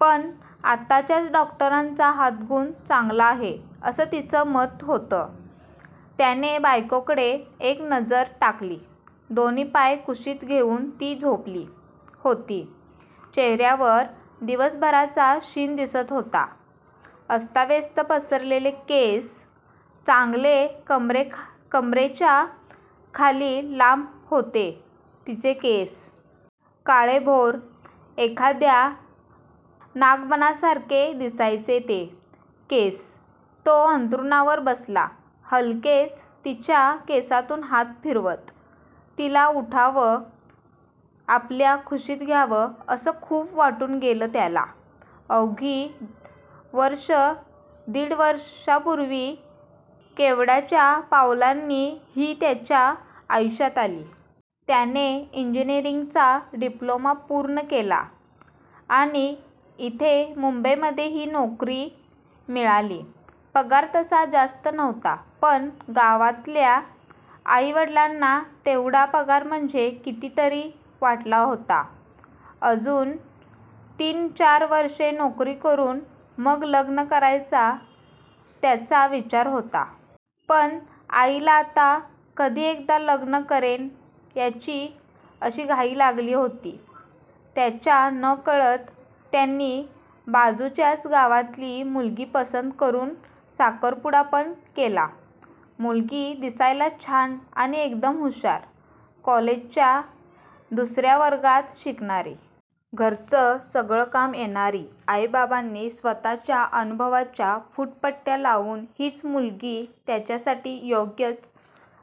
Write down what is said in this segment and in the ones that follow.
पण आताच्याच डॉक्टरचा हातगुण चांगला आहे असं तिचं मत होतं. त्याने बायकोकडे एक नजर टाकली. दोन्ही पाय कुशीत घेऊन ती झोपली होती. चेहऱ्यावर दिवसभराचा शीण दिसत होता. अस्ताव्यस्त पसरलेले केस. चांगले कमरेच्याखाली लांब होते तिचे केस. काळेभोर एखाद्या नागबनासारखे दिसायचे ते केस. तो अंथरुणावर बसला. हलकेच तिच्या केसांतून हात फिरवत. तिला उठवावं, आपल्या कुशीत घ्यावं असं खूप वाटून गेलं त्याला. अवघी वर्षं दीड वर्षापूर्वी केवड्याच्या पावलांनी ही त्याच्या आयुष्यात आली. त्याने इंजीनिअरिंगचा डिप्लोमा पूर्ण केला. आणि इथे मुंबईमध्ये ही नोकरी मिळाली. पगार तसा जास्त नव्हता पण गावातल्या आईवडलांना तेवढा पगार म्हणजे कितीतरी वाटला होता. अजून तीन चार वर्षे नोकरी करून मग लग्न करायचा त्याचा विचार होता. पण आईला आता कधी एकदा लग्न करेन याची अशी घाई लागली होती. त्याच्या नकळत त्यांनी बाजूच्याच गावातली मुलगी पसंत करून साखरपुडा पण केला. मुलगी दिसायला छान आणि एकदम हुशार. कॉलेजच्या दुसऱ्या वर्गात शिकणारी. घरचं सगळं काम येणारी. आईबाबांनी स्वतःच्या अनुभवाच्या फूटपट्ट्या लावून हीच मुलगी त्याच्यासाठी योग्यच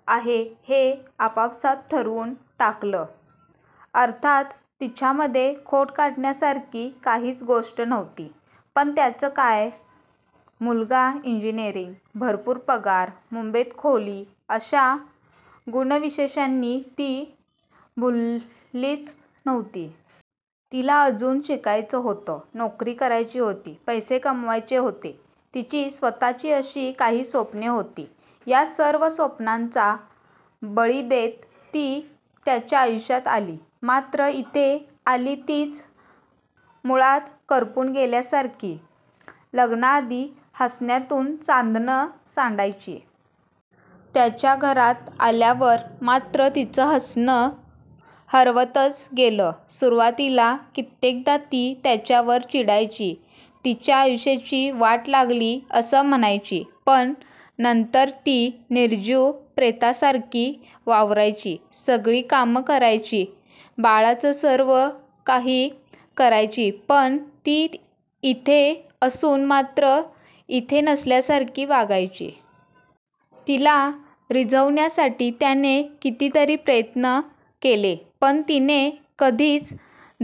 आहे हे आपापसात ठरवून टाकलं. अर्थात तिच्यामध्ये खोट काढण्यासारखी काहीच गोष्ट नव्हती. पण त्याचं काय? मुलगा इंजीनिअर, भरपूर पगार, मुंबईत खोली अशा गुणविशेषांनी ती भुललीच नव्हती. तिला अजून शिकायचं होतं. नोकरी करायची होती, पैसे कमवायचे होते. तिची स्वतःची अशी काही स्वप्ने होती. या सर्व स्वप्नांचा बळी देत ती त्याच्या आयुष्यात आली. मात्र इथे आली तीच मुळात करपून गेल्यासारखी. लग्नाआधी हसण्यातून चांदणं सांडायची. त्याच्या घरात आल्यावर मात्र तिचं हसणं हरवतच गेलं. सुरुवातीला कित्येकदा ती त्याच्यावर चिडायची, तिच्या आयुष्याची वाट लागली असं म्हणायची. पण नंतर ती निर्जीव प्रेतासारखी वावरायची. सगळी कामं करायची, बाळाचं सर्व काही करायची पण ती इथे असून मात्र इथे नसल्यासारखी वागायची. तिला रिझवण्यासाठी त्याने कितीतरी प्रयत्न केले. पण तिने कधीच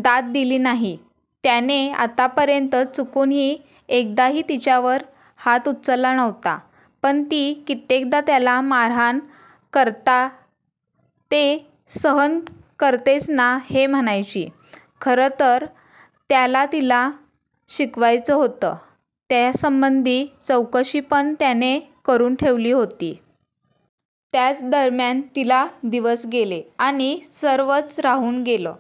दाद दिली नाही. त्याने आतापर्यंत चुकून एकदाही तिच्यावर हात उचलला नव्हता, पण ती कित्येकदा त्याला मारहाण करता ते सहन करतेच ना हे म्हणायची. खरंतर त्याला तिला शिकवायचं होतं, त्यासंबंधी चौकशी पण त्याने करून ठेवली होती. त्याच दरम्यान तिला दिवस गेले आणि सर्वच राहून गेलं.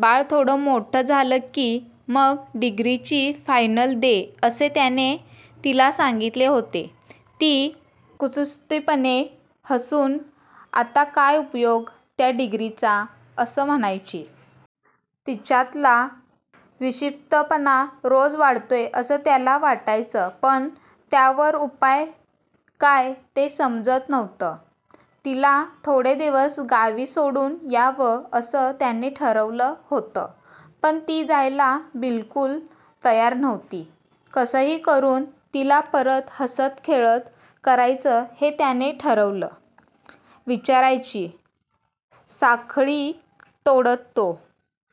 बाळ थोडं मोठं झालं की मग डिग्रीची फायनल दे असे त्याने तिला सांगितले होते. ती कुत्सितपणे हसून आता काय उपयोग त्या डिग्रीचा? असं म्हणायची. तिच्यातला विक्षिप्तपणा रोज वाढतोय असं त्याला वाटायचं. पण त्यावर उपाय काय ते समजत नव्हतं. तिला थोडे दिवस गावी सोडून यावं असं त्याने ठरवलं होतं. पण ती जायला बिल्कुल तयार नव्हती. कसंही करून तिला परत हसतं खेळतं करायचं हे त्याने ठरवलं. विचाराची साखळी तोडत तो